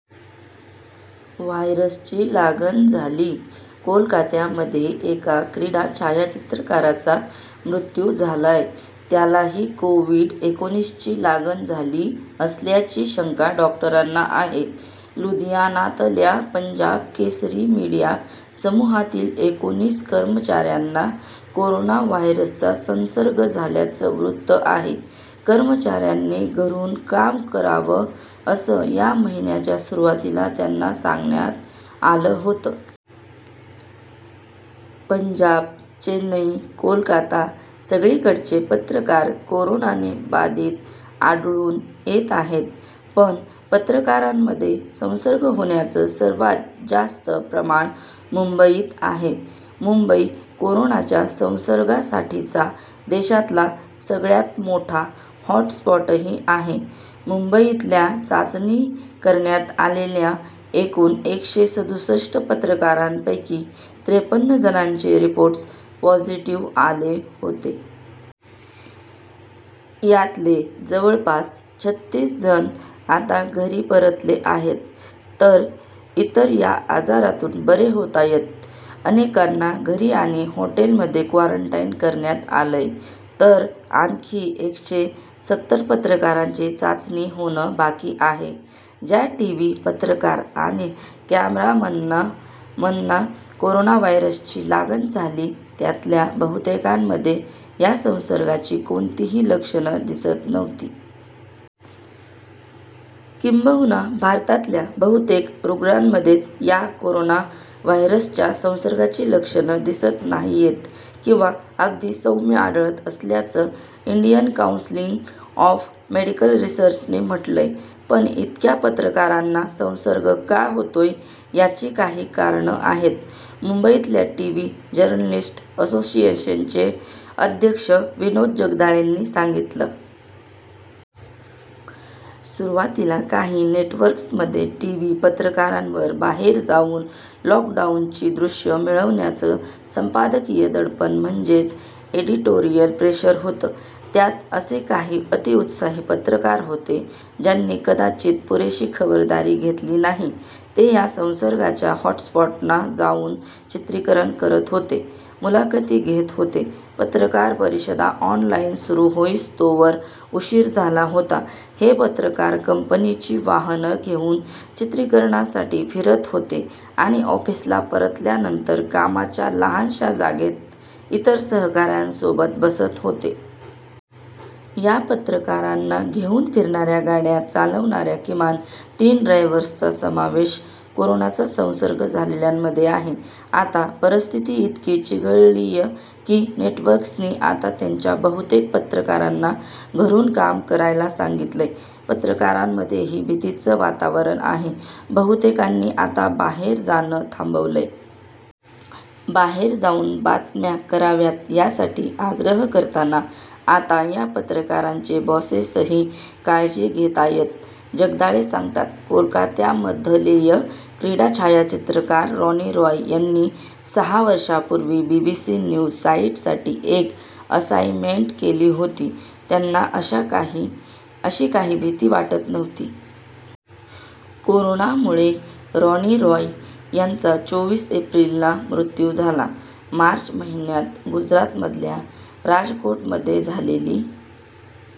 व्हायरसची लागण झाली कोलकात्यामध्ये एका क्रीडा छायाचित्रकाराचा मृत्यू झालाय. त्यालाही कोव्हिड एकोणीसची लागण झाली असल्याची शंका डॉक्टरांना आहे. लुधियानातल्या पंजाब केसरी मीडिया समूहातील एकोणीस कर्मचाऱ्यांना कोरोना व्हायरसचा संसर्ग झाल्याचं वृत्त आहे. कर्मचाऱ्यांनी घरून काम करावं, असं या महिन्याच्या सुरुवातीला त्यांना सांगण्यात आलं होतं. पंजाब, चेन्नई, कोलकाता, सगळीकडचे पत्रकार कोरोनाने बाधित आढळून येत आहेत. पण पत्रकारांमध्ये संसर्ग होण्याचं सर्वात जास्त प्रमाण मुंबईत आहे. मुंबई कोरोनाच्या संसर्गासाठीचा देशातला सगळ्यात मोठा हॉटस्पॉटही आहे. मुंबईतल्या चाचणी करण्यात आलेल्या एकूण एकशे सदुसष्ट पत्रकारांपैकी त्रेपन्न जणांचे रिपोर्ट्स पॉझिटिव्ह आले होते. यातले जवळपास छत्तीस जण आता घरी परतले आहेत. तर इतर या आजारातून बरे होतायत. अनेकांना घरी आणि हॉटेलमध्ये क्वारंटाईन करण्यात आलंय, तर आणखी एकशे सत्तर पत्रकारांची चाचणी होणं बाकी आहे. ज्या टीव्ही पत्रकार आणि कॅमेरामनना कोरोना व्हायरसची लागण झाली, त्यातल्या बहुतेकांमध्ये या संसर्गाची कोणतीही लक्षणं दिसत नव्हती. किंबहुना भारतातल्या बहुतेक रुग्णांमध्येच या कोरोना व्हायरसच्या संसर्गाची लक्षणं दिसत नाहीयेत किंवा अगदी सौम्य आढळत असल्याचं इंडियन काऊन्सिल ऑफ मेडिकल रिसर्चने म्हटलंय. पण इतक्या पत्रकारांना संसर्ग का होतोय? याची काही कारणं आहेत, मुंबईतल्या टीव्ही जर्नलिस्ट असोसिएशनचे अध्यक्ष विनोद जगदाळेंनी सांगितलं. सुरुवातीला काही नेटवर्क्समध्ये टीव्ही पत्रकारांवर बाहेर जाऊन लॉकडाऊनची दृश्यं मिळवण्याचं संपादकीय दडपण म्हणजेच एडिटोरियल प्रेशर होतं. त्यात असे काही अतिउत्साही पत्रकार होते, ज्यांनी कदाचित पुरेशी खबरदारी घेतली नाही. ते या संसर्गाच्या हॉटस्पॉट्सना जाऊन चित्रीकरण करत होते, मुलाखती घेत होते, पत्रकार परिषदा ऑनलाईन सुरू होईस्तोवर उशीर झाला होता हे पत्रकार कंपनीची वाहनं घेऊन चित्रीकरणासाठी फिरत होते आणि ऑफिसला परतल्यानंतर कामाच्या लहानशा जागेत इतर सहकाऱ्यांसोबत बसत होते. या पत्रकारांना घेऊन फिरणाऱ्या गाड्या चालवणाऱ्या किमान तीन ड्रायव्हर्सचा समावेश कोरोनाचा संसर्ग झालेल्यांमध्ये आहे. आता परिस्थिती इतकी चिघळळीय की, नेटवर्क्सनी आता त्यांच्या बहुतेक पत्रकारांना घरून काम करायला सांगितलंय. पत्रकारांमध्येही भीतीचं वातावरण आहे. बहुतेकांनी आता बाहेर जाणं थांबवलंय. बाहेर जाऊन बातम्या कराव्यात यासाठी आग्रह करताना आता या पत्रकारांचे बॉसेसही काळजी घेतायत, जगदाळे सांगतात. कोलकात्यामधलेय क्रीडा छायाचित्रकार रॉनी रॉय यांनी सहा वर्षांपूर्वी बीबीसी न्यूज साईटसाठी एक असाईनमेंट केली होती. त्यांना अशी काही भीती वाटत नव्हती. कोरोनामुळे रॉनी रॉय यांचा चोवीस एप्रिलला मृत्यू झाला. मार्च महिन्यात गुजरातमधल्या राजकोटमध्ये झालेली